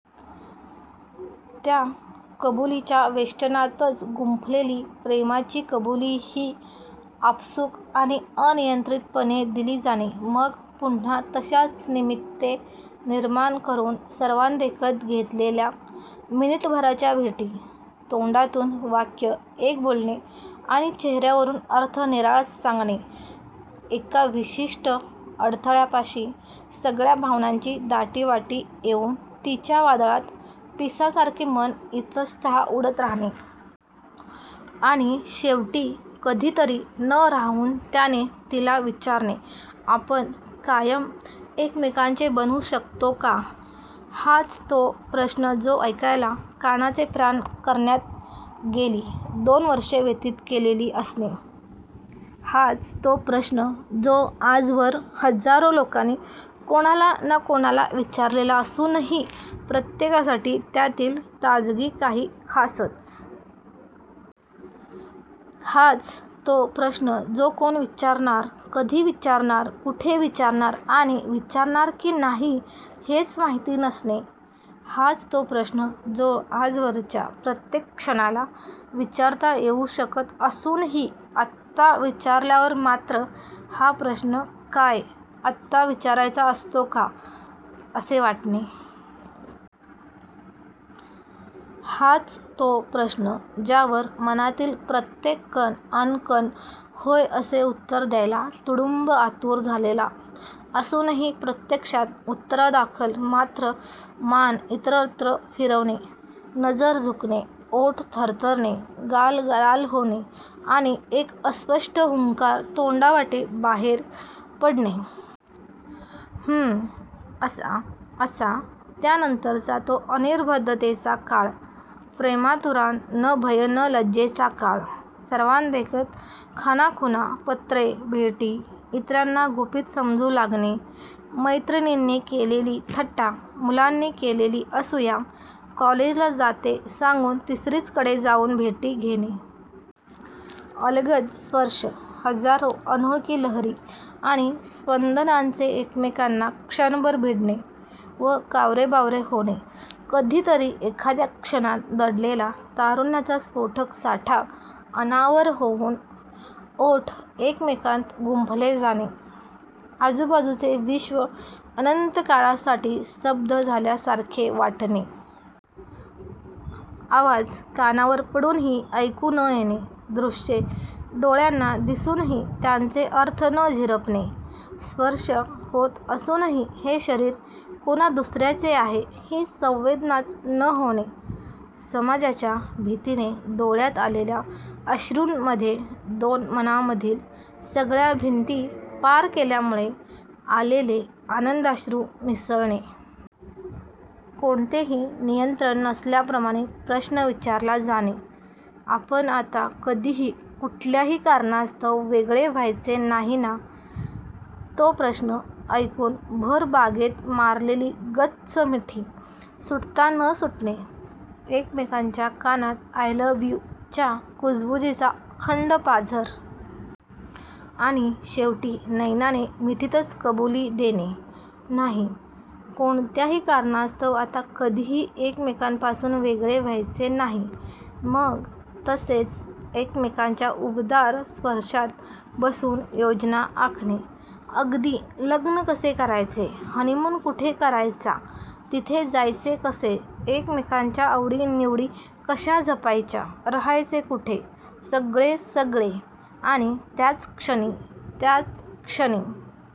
त्या कबूलीच्या वेष्टनातच गुंफलेली प्रेमाची कबूलीही आपसूक आणि अनियंत्रीतपणे दिली जाणे! मग पुन्हा तश्याच निमित्ते निर्माण करून सर्वांदेखत घेतलेल्या मिनिटभराच्या भेटी! तोंडातून वाक्य एक बोलणे आणि चेहर्यावरून अर्थ निराळाच सांगणे! एका विशिष्ट अडथळ्यापाशी सगळ्या भावनांची दाटीवाटी येऊन तिच्या वादळात पिसासारखे मन इतस्ततः उडत राहणे! आणि शेवटी कधीतरी न राहवून त्याने तिला विचारणे! 'आपण कायम एकमेकांचे बनू शकतो का? हाच तो प्रश्न जो ऐकायला कानाचे प्राण करण्यात गेली दोन वर्षे व्यतीत केलेली असणे! हाच तो प्रश्न जो आजवर हजारो लोकांनी कोणाला ना कोणाला विचारलेला असूनही प्रत्येकासाठी त्यातील ताजगी काही खासच! हाच तो प्रश्न जो कोण विचारणार, कधी विचारणार, कुठे विचारणार आणि विचारणार की नाही हेच माहीत नसणे! हाच तो प्रश्न जो आजवरच्या प्रत्येक क्षणाला विचारता येऊ शकत असूनही आत्ता विचारल्यावर मात्र 'हा प्रश्न काय आत्ता विचारायचा असतो का' असे वाटणे! हाच तो प्रश्न, ज्यावर मनातील प्रत्येक कण अन् कण 'होय' असे उत्तर द्यायला तुडुंब आतुर झालेला असूनही प्रत्यक्षात उत्तरादाखल मात्र मान इतरत्र फिरणे, नजर झुकणे, ओठ थरथरणे, गाल लाल होणे आणि एक अस्पष्ट हुंकार तोंडावाटे बाहेर पडणे! 'हं' असा! त्यानंतरचा तो अनिर्बंधतेचा काळ! प्रेमातुराणां न भयं न लज्जेचा काळ! सर्वांदेखत खाणाखुणा! पत्रे! भेटी! इतरांना गुपीत समजू लागणे! मैत्रिणींनी केलेली थट्टा! मुलांनी केलेली असूया! कॉलेजला जाते सांगून तिसरीचकडे जाऊन भेटी घेणे! अलगद स्पर्श! हजारो अनोळखी लहरी आणि स्पंदनांचे एकमेकांना क्षणभर भिडणे व कावरेबावरे होणे! कधीतरी एखाद्या क्षणात दडलेला तारुण्याचा स्फोटक साठा अनावर होऊन ओठ एकमेकांत गुंफले जाणे! आजूबाजूचे विश्व अनंत काळासाठी स्तब्ध झाल्यासारखे वाटणे! आवाज कानावर पडूनही ऐकू न येणे! दृष्ये डोळ्यांना दिसूनही त्यांचे अर्थ न झिरपणे! स्पर्श होत असूनही हे शरीर कोणा दुसर्याचे आहे ही संवेदनाच न होणे! समाजाच्या भीतीने डोळ्यांत आलेल्या अश्रूंमध्ये दोन मनांमधील सगळ्या भिंती पार केल्यामुळे आलेले आनंदाश्रू मिसळणे! कोणतेही नियंत्रण नसल्याप्रमाणे प्रश्न विचारला जाणे! 'आपण आता कधीही, कुठल्याही कारणास्तव वेगळे व्हायचे नाही ना? ' तो प्रश्न ऐकून भर बागेत मारलेली गच्च मिठी सुटता न सुटणे! एकमेकांच्या कानात 'आय लव्ह यू'च्या कुजबुजीचा अखंड पाझर! आणि शेवटी नयनाने मिठीतच कबूली देणे! 'नाही, कोणत्याही कारणास्तव आता कधीही एकमेकांपासून वेगळे व्हायचे नाही'! मग तसेच एकमेकांच्या उबदार स्पर्शात बसून योजना आखणे! अगदी लग्न कसे करायचे, हनीमून कुठे करायचा, तिथे जायचे कसे, एकमेकांच्या आवडीनिवडी कश्या जपायच्या, राहायचे कुठे, सगळे सगळे! आणि त्याचक्षणी! त्याचक्षणी